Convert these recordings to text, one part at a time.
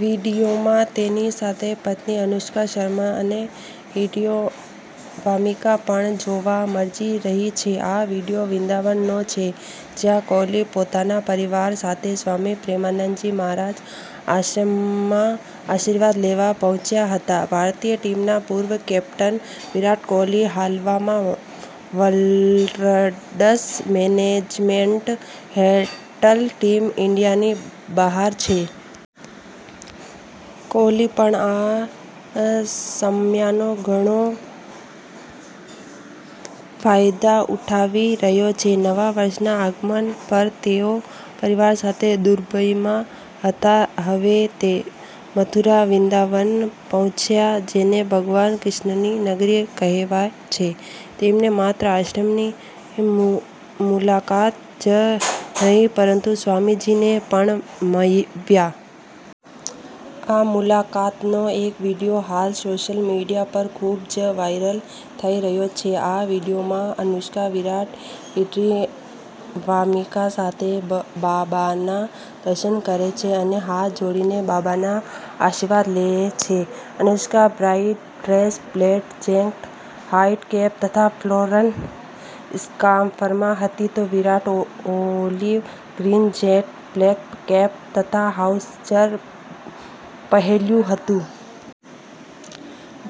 વીડિયોમાં તેની સાથે પત્ની અનુષ્કા શર્મા અને દીકરી વામિકા પણ જોવા મળી રહી છે. આ વીડિયો વૃંદાવન નો છે, જ્યાં કોહલી પોતાના પરિવાર સાથે સ્વામી પ્રેમાનંદજી મહારાજ આશ્રમમાં આશીર્વાદ લેવા પહોંચ્યા હતા. ભારતીય ટીમના પૂર્વ કેપ્ટન વિરાટ કોહલી હાલમાં વર્કલોડ મેનેજમેન્ટ હેઠળ ટીમ ઈન્ડિયાની બહાર છે. કોહલી પણ આ સમયનો ઘણો ફાયદો ઉઠાવી રહ્યો છે. નવા વર્ષના આગમન પર તેઓ પરિવાર સાથે દુબઈમાં હતા. હવે તે મથુરા-વૃંદાવન પહોંચ્યા, જેને ભગવાન કૃષ્ણની નગરી કહેવાય છે. તેમણે માત્ર આશ્રમની મુલાકાત જ નહિ, પરંતુ સ્વામીજીને પણ મળ્યા. આ મુલાકાતનો એક વીડિયો હાલ સોશિયલ મીડિયા પર ખુબ જ વાઇરલ થઈ રહ્યો છે. આ વીડિયોમાં અનુષ્કા-વિરાટ દીકરી વામિકા સાથે બાબાના દર્શન કરે છે અને હાથ જોડીને બાબાના આશીર્વાદ લે છે. Anushka white dress, black jacket, white cap તથા ફ્લોરલ સ્કાર્ફમાં હતી તો Virat olive green jacket, black cap તથા ટ્રાઉઝર પહેર્યું હતું.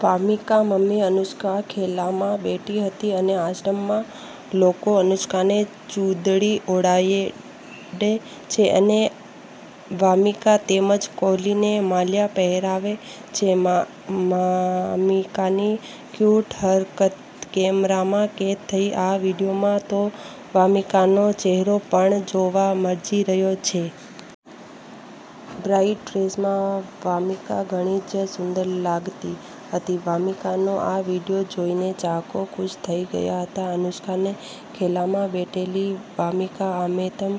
વામિકા મમ્મી અનુષ્કાના ખોળામાં બેઠી હતી અને આશ્રમના લોકો અનુષ્કાને ચુંદડી ઓઢાડે છે અને વામિકા તેમજ કોહલીને માળા પહેરાવે છે. વામિકાની ક્યૂટ હરકત કેમેરામાં કેદ થઈ: આ વિડીયોમાં તો વામીકાનો ચેહરો પણ જોવા મળી રહ્યો છે. વ્હાઇટ ડ્રેસમાં વામિકા ઘણી જ સુંદર લાગતી હતી. વામિકાનો આ વીડિયો જોઈને ચાહકો ખુશ થઈ ગયા હતા. અનુષ્કાના ખોળામાં બેઠેલી વામિકા આમતેમ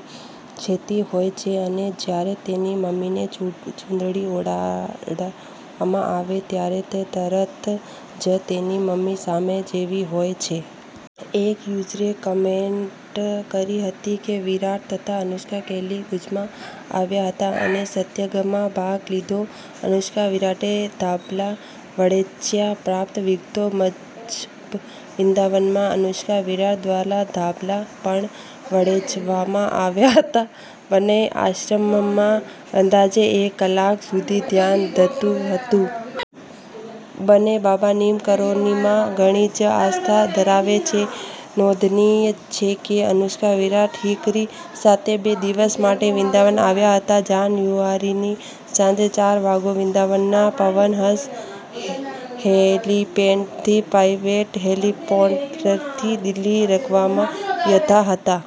જોતી હોય છે અને જ્યારે તેની મમ્મીને ચુંદડી ઓઢાડવામાં આવે ત્યારે તે તરત જ તેની મમ્મી સામે જોતી હોય છે. એક યુઝરે કમેન્ટ કરી હતી કે વિરાટ તથા અનુષ્કા કેલી કુંજમાં આવ્યા હતા અને સત્સંગમાં ભાગ લીધો. અનુષ્કા-વિરાટે ધાબળા વહેંચ્યા: પ્રાપ્ત વિગતો મુજબ, વૃંદાવનમાં અનુષ્કા-વિરાટ દ્વારા ધાબળા પણ વહેચવામાં આવ્યા હતા. બંનેએ આશ્રમમાં અંદાજે એક કલાક સુધી ધ્યાન ધર્યું હતું. બંને બાબા નીમ કરોલીમાં ઘણી જ આસ્થા ધરાવે છે. નોંધનીય છે કે અનુષ્કા-વિરાટ દીકરી સાથે બે દિવસ માટે વૃંદાવન આવ્યા હતા. જાન્યુઆરીની સાંજે ચાર વાગે વૃંદાવનના પવન હંસ હેલિપેડથી પ્રાઇવેટ હેલિકોપ્ટરથી દિલ્હી રવાના થયા હતા.